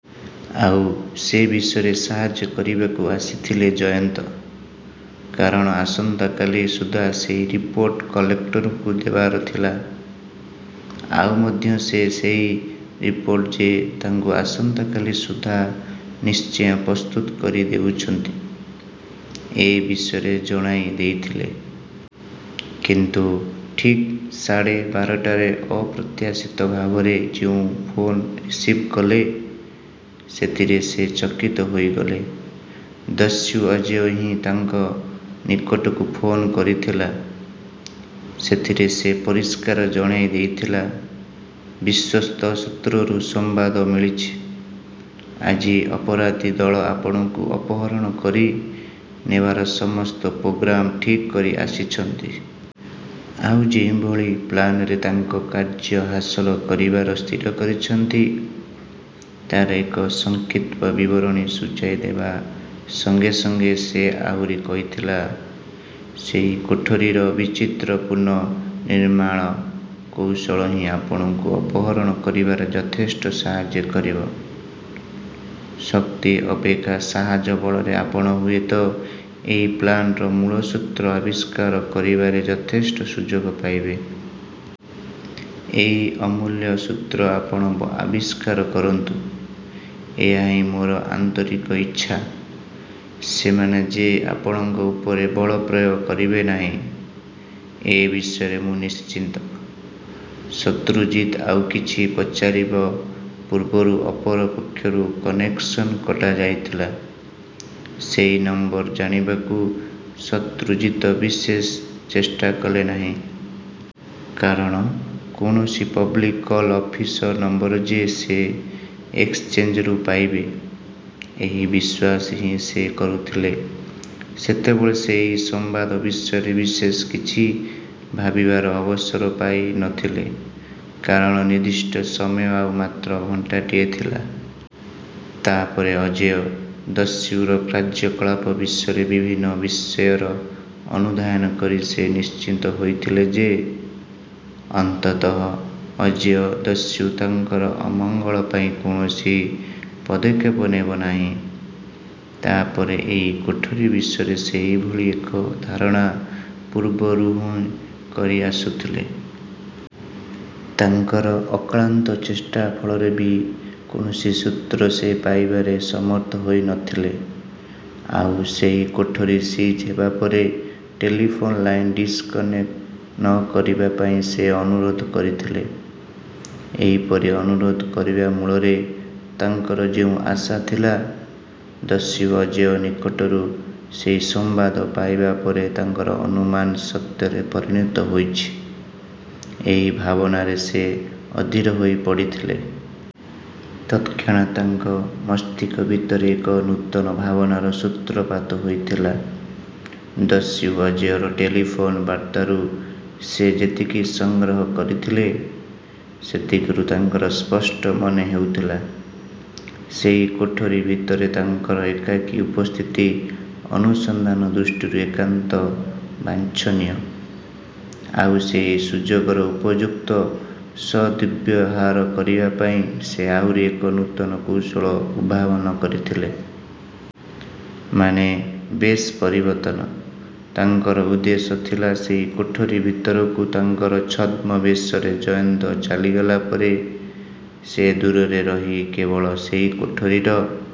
ଆଉ ସେ ବିଷୟରେ ସାହାଯ୍ୟ କରିବାକୁ ଆସିଥିଲେ ଜୟନ୍ତ। କାରଣ ଆସନ୍ତା କାଲି ସୁଦ୍ଧା ସେହି ରିପୋର୍ଟ କଲେକ୍ଟରଙ୍କୁ ଦେବାର ଥିଲା। ଆଉ ମଧ୍ୟ ସେ ସେହି ରିପୋର୍ଟ ଯେ ତାଙ୍କୁ ଆସନ୍ତା କାଲି ସୁଦ୍ଧା ନିଶ୍ଚୟ ପ୍ରସ୍ତୁତ କରି ଦେଉଛନ୍ତି, ଏ ବିଷୟରେ ଜଣାଇ ଦେଇଥିଲେ। କିନ୍ତୁ ଠିକ୍ ସାଢ଼େ ବାରଟାରେ ଅପ୍ରତ୍ୟାଶିତ ଭାବରେ ଯେଉଁ ଫୋନ୍ ରିସିଭ୍ କଲେ, ସେଥିରେ ସେ ଚକିତ ହୋଇଗଲେ। ଦସ୍ୟୁ ଅଜୟ ହିଁ ତାଙ୍କ ନିକଟକୁ ଫୋନ୍ କରିଥିଲା। ସେଥିରେ ସେ ପରିଷ୍କାର ଜଣାଇ ଦେଇଥିଲା-ବିଶ୍ୱସ୍ତସୂତ୍ରରୁ ସମ୍ବାଦ ମିଳିଛି, ଆଜି ଅପରାଧୀ ଦଳ ଆପଣଙ୍କୁ ଅପହରଣ କରି ନେବାର ସମସ୍ତ ପ୍ରୋଗ୍ରାମ୍ ଠିକ୍ କରି ସାରିଛନ୍ତି। ଆଉ ଯେଉଁଭଳି ପ୍ଲାନରେ ତାଙ୍କ କାର୍ଯ୍ୟ ହାସଲ କରିବାର ସ୍ଥିର କରିଛନ୍ତି, ତାର ଏକ ସଂକ୍ଷିପ୍ତ ବିବରଣୀ ସୂଚାଇ ଦେବା ସଙ୍ଗେ ସଙ୍ଗେ ସେ ଆହୁରି କହିଥିଲା, ସେହି କୋଠରିର ବିଚିତ୍ରପୂର୍ଣ୍ଣ ନିର୍ମାଣକୌଶଳ ହିଁ ଆପଣଙ୍କୁ ଅପହରଣ କରିବାରେ ଯଥେଷ୍ଟ ସାହାଯ୍ୟ କରିବ। ଶକ୍ତି ଅପେକ୍ଷା ସାହସ ବଳରେ ଆପଣ ହୁଏ ତ ଏହି ପ୍ଲାନର୍ ମୂଳସୂତ୍ର ଆବିଷ୍କାର କରିବାରେ ଯଥେଷ୍ଟ ସୁଯୋଗ ପାଇବେ। ଏହି ଅମୁଲ୍ୟ ସୂତ୍ର ଆପଣ ଆବିଷ୍କାର କରନ୍ତୁ, ଏହା ହିଁ ମୋର ଆନ୍ତରିକ ଇଚ୍ଛା। ସେମାନେ ଯେ ଆପଣଙ୍କ ଉପରେ ବଳପ୍ରୟୋଗ କରିବେ ନାହିଁ, ଏ ବିଷୟରେ ମୁଁ ନିଶ୍ଚିତ। ଶତ୍ରୁଜିତ ଆଉ କିଛି ପଚାରିବା ପୂର୍ବରୁ ଅପର ପକ୍ଷରୁ କନେକ୍ସନ କଟା ଯାଇଥିଲା। ସେହି ନମ୍ବର ଜାଣିବାକୁ ଶତ୍ରୁଜିତ ବିଶେଷ ଚେଷ୍ଟା କଲେ ନାହିଁ। କାରଣ କୌଣସି ପବ୍ଲିକ୍ କଲ୍ ଅଫିସର ନମ୍ବର ଯେ ସେ ଏକ୍ସଚେଞ୍ଜରୁ ପାଇବେ, ଏହି ବିଶ୍ୱାସ ହିଁ ସେ କରୁଥିଲେ। ସେତେବେଳେ ସେ ଏହି ସମ୍ବାଦ ବିଷୟରେ ବିଶେଷ କିଛି ଭାବିବାର ଅବସର ପାଇ ନ ଥିଲେ। କାରଣ ନିର୍ଦ୍ଦିଷ୍ଟ ସମୟ ଆଉ ମାତ୍ର ଘଣ୍ଟାଟିଏ ଥିଲା। ତା ପରେ ଅଜୟ ଦସ୍ୟୁର କାର୍ଯ୍ୟକଳାପ ବିଷୟରେ ବିଭିନ୍ନ ବିଷୟର ଅନୁଧ୍ୟାନ କରି ସେ ନିଶ୍ଚିତ ହୋଇଥିଲେ ଯେ, ଅନ୍ତତଃ ଅଜୟ ଦସ୍ୟୁ ତାଙ୍କର ଅମଙ୍ଗଳ ପାଇଁ କୌଣସି ପଦକ୍ଷେପ ନେବ ନାହିଁ। ତା ପରେ ଏହି କୋଠରି ବିଷୟରେ ସେ ଏହିଭଳି ଏକ ଧାରଣା ପୂର୍ବରୁହଁ କରି ଆସୁଥିଲେ। ତାଙ୍କର ଅକ୍ଳାନ୍ତ ଚେଷ୍ଟା ଫଳରେ ବି କୌଣସି ସୂତ୍ର ସେ ପାଇବାରେ ସମର୍ଥ ହୋଇ ନ ଥିଲେ। ଆଉ ସେହି କୋଠରି ସିଜ୍ ହେବା ପରେ ଟେଲିଫୋନ୍ ଲାଇନ୍ ଡିସକନେକ୍ଟ ନ କରିବା ପାଇଁ ସେ ଅନୁରୋଧ କରିଥିଲେ। ଏହିପରି ଅନୁରୋଧ କରିବା ମୂଳରେ ତାଙ୍କର ଯେଉଁ ଆଶା ଥିଲା, ଦସ୍ୟୁ ଅଜୟ ନିକଟରୁ ସେହି ସମ୍ବାଦ ପାଇବା ପରେ ତାଙ୍କର ଅନୁମାନ ସତ୍ୟରେ ପରିଣତ ହୋଇଛି, ଏହି ଭାବନାରେ ସେ ଅଧୀର ହୋଇ ପଡ଼ିଥିଲେ। ତତକ୍ଷଣାତ୍ ତାଙ୍କ ମସ୍ତିଷ୍କ ଭିତରେ ଏକ ନୂତନ ଭାବନାର ସୂତ୍ରପାତ ହୋଇଥିଲା। ଦସ୍ୟୁ ଅଜୟର ଟେଲିଫୋନ ବାର୍ତ୍ତାରୁ ସେ ଯେତିକି ସଂଗ୍ରହ କରିଥିଲେ; ସେତିକିରୁ ତାଙ୍କର ସ୍ପଷ୍ଟ ମନେ ହେଉଥିଲା, ସେହି କୋଠରି ଭିତରେ ତାଙ୍କର ଏକାକୀ ଉପସ୍ଥିତି ଅନୁସନ୍ଧାନ ଦୃଷ୍ଟିରୁ ଏକାନ୍ତ ବାଞ୍ଛନୀୟ। ଆଉ ସେହି ସୁଯୋଗର ଉପଯୁକ୍ତ ସଦ୍ବ୍ୟବହାର କରିବା ପାଇଁ ସେ ଆହୁରି ଏକ ନୂତନ କୌଶଳ ଉଦ୍ଭାବନ କରିଥିଲେ। ମାନେ, ବେଶ ପରିବର୍ତ୍ତନ। ତାଙ୍କର ଉଦ୍ଦେଶ୍ୟ ଥିଲା, ସେହି କୋଠରି ଭିତରକୁ ତାଙ୍କର ଛଦ୍ମବେଶରେ ଜୟନ୍ତ ଚାଲିଗଲା ପରେ ସେ ଦୂରରେ ରହି କେବଳ ସେହି କୋଠରିର